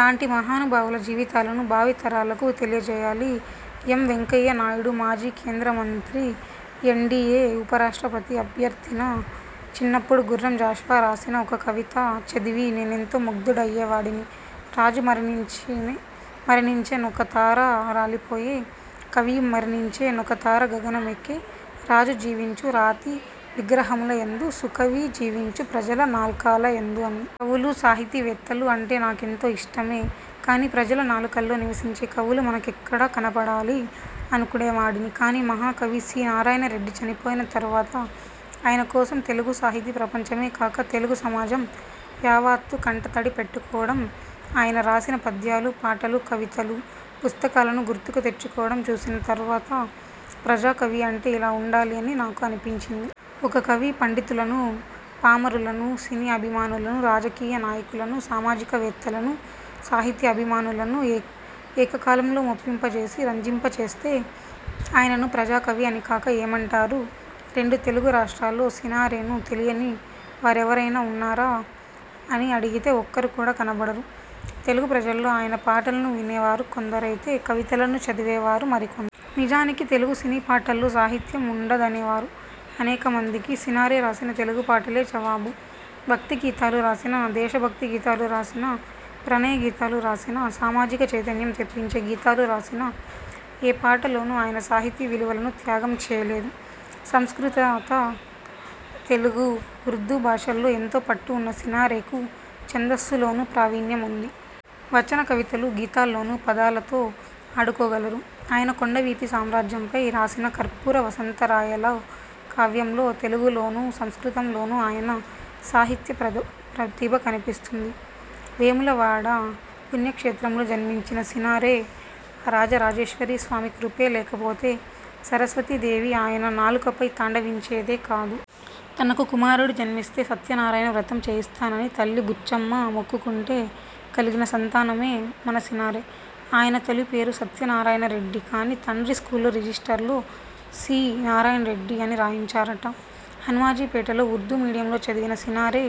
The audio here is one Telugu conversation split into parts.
లాంటి మహానుభావుల జీవితాలను భావితరాలకు తెలియజేయాలి. ఎం. వెంకయ్య నాయుడుమాజీ కేంద్ర మంత్రి, ఎన్డీఏ ఉపరాష్ట్రపతి అభ్యర్థినా చిన్నప్పుడు గుర్రం జాషువా రాసిన ఒక కవిత చదివి నేనెంతో ముగ్ధుడయ్యే వాడిని. 'రాజు మరణించే మూవే మరణించె నొక తార రాలిపోయె, కవియు మరణించె నొక తార గగనమెక్కె, రాజు జీవించు రాతి విగ్రహముల యందు, సుకవి జీవించు ప్రజల నాల్కలయందు' అని. కవులూ, సాహితీవేత్తలూ అంటే నాకెంతో ఇష్టమే కాని ప్రజల నాలుకల్లో నివసించే కవులు మనకెక్కడ కనపడాలి.. అనుకునేవాడిని. కాని మహాకవి సి. నారాయణ రెడ్డి చనిపోయిన తర్వాత ఆయన కోసం తెలుగు సాహితీ ప్రపంచమే కాక, తెలుగు సమాజం యావత్తూ కంటతడి పెట్టుకోవడం, ఆయన రాసిన పద్యాలూ, పాటలు, కవితలూ, పుస్తకాలను గుర్తుకు తెచ్చుకోవడం చూసిన తర్వాతప్రజాకవి అంటే ఇలా ఉండాలి అని నాకు అనిపించింది. ఒక కవి పండితులను, పామరులను, సినీ అభిమానులను, రాజకీయ నాయకులను, సామాజిక వేత్తలనూ, సాహితీ అభిమానులను ఏక్ ఏకకాలంలో మెప్పింపచేసి, రంజింప చేస్తే ఆయనను ప్రజాకవి అనికాక ఏమంటారు? రెండు తెలుగు రాష్ట్రాల్లో సినారెను తెలియనివారెవరైనా ఉన్నారా అని అడిగితే ఒక్కరు కూడా కనపడరు. తెలుగు ప్రజల్లో ఆయన పాటలను వినేవారు కొందరైతే, కవితలను చదివే వారు మరికొ. నిజానికి తెలుగు సినీ పాటల్లో సాహిత్యం ఉండదనేవారు అనేకమందికి సినారె రాసిన తెలుగు పాటలే జవాబు. భక్తిగీతాలు రాసినా, దేశభక్తి గీతాలు రాసినా, ప్రణయ గీతాలు రాసినా, సామాజిక చైతన్యం తెప్పించే గీతాలు రాసినా ఏ పాటలోనూ ఆయన సాహితీ విలువలను త్యాగం చేయలేదు. సంస్కృత, తెలుగు, ఉర్దూ భాషల్లో ఎంతో పట్టు ఉన్న సినారెకు ఛందస్సులోనూ ప్రావీణ్యం ఉంది. వచన కవితలు, గీతాల్లోనూ పదాలతో ఆడుకోగలరు. ఆయన కొండవీటి సామ్రాజ్యంపై రాసిన కర్పూర వసంత రాయలు కావ్యంలో తెలుగులోనూ, సంస్కృతంలోనూ ఆయన సాహిత్య ప్రతి ప్రతిభ కనిపిస్తుంది. వేములవాడ పుణ్యక్షేత్రంలో జన్మించిన సినారె ఆ రాజరాజేశ్వరీ స్వామి కృపే లేకపోతే సరస్వతీ దేవి ఆయన నాలుకపై తాండవించేదే కాదు. తనకు కుమారుడు జన్మిస్తే సత్యనారాయణ వ్రతం చేయిస్తానని తల్లి బుచ్చమ్మ మొక్కుకుంటే కలిగిన సంతానం మన సినారె. ఆయన తొలి పేరు సత్యనారాయణ రెడ్డి కాని తండ్రి స్కూలు రిజిస్టర్లో సి. నారాయణ రెడ్డి అని రాయించారట. హనూమాజీపేటలో ఉర్దూ మీడియంలో చదివిన సినారె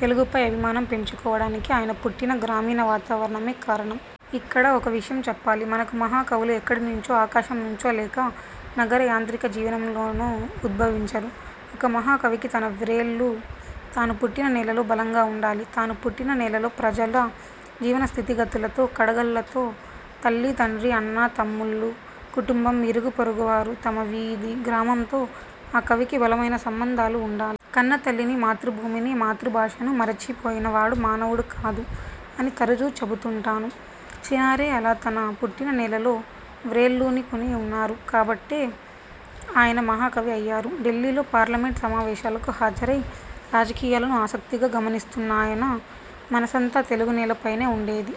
తెలుగుపై అభిమానం పెంచుకోవడానికి ఆయన పుట్టిన గ్రామీణ వాతావరణమే కారణం. ఇక్కడ ఒక్క విషయం చెప్పాలి. మనకు మహాకవులు ఎక్కడినుంచో, ఆకాశం నుంచో లేక నగర యాంత్రిక జీవితంలోనూ ఉద్భవించరు. ఒక మహాకవికి తన వ్రేళ్లు తాను పుట్టిన నేలలో బలంగా ఉండాలి. తాను పుట్టిన నేలలో ప్రజల జీవన స్థితిగతులతో, కడగళ్లతో, తల్లీ తండ్రీ అన్నా, తమ్ములు, కుటుంబం, ఇరుగు పొరుగువారు, తమ వీధి, గ్రామంతో ఆ కవికి బలమైన సంబంధాలు ఉండా. కన్నతల్లిని, మాతృభూమిని, మాతృభాషను మరిచిపోయిన వాడు మానవుడు కాదు.. అని తరుచూ చెబుతుంటాను. సినారె అలా తన పుట్టిన నేలలో వ్రేళ్లూనికుని ఉన్నారు కాబట్టే ఆయన మహాకవి అయ్యారు. ఢిల్లీలో పార్లమెంట్ సమావేశాలకు హాజరై రాజకీయాలను ఆసక్తిగా గమనిస్తున్నా ఆయన మనసంతా తెలుగునేలపైనే ఉండేది.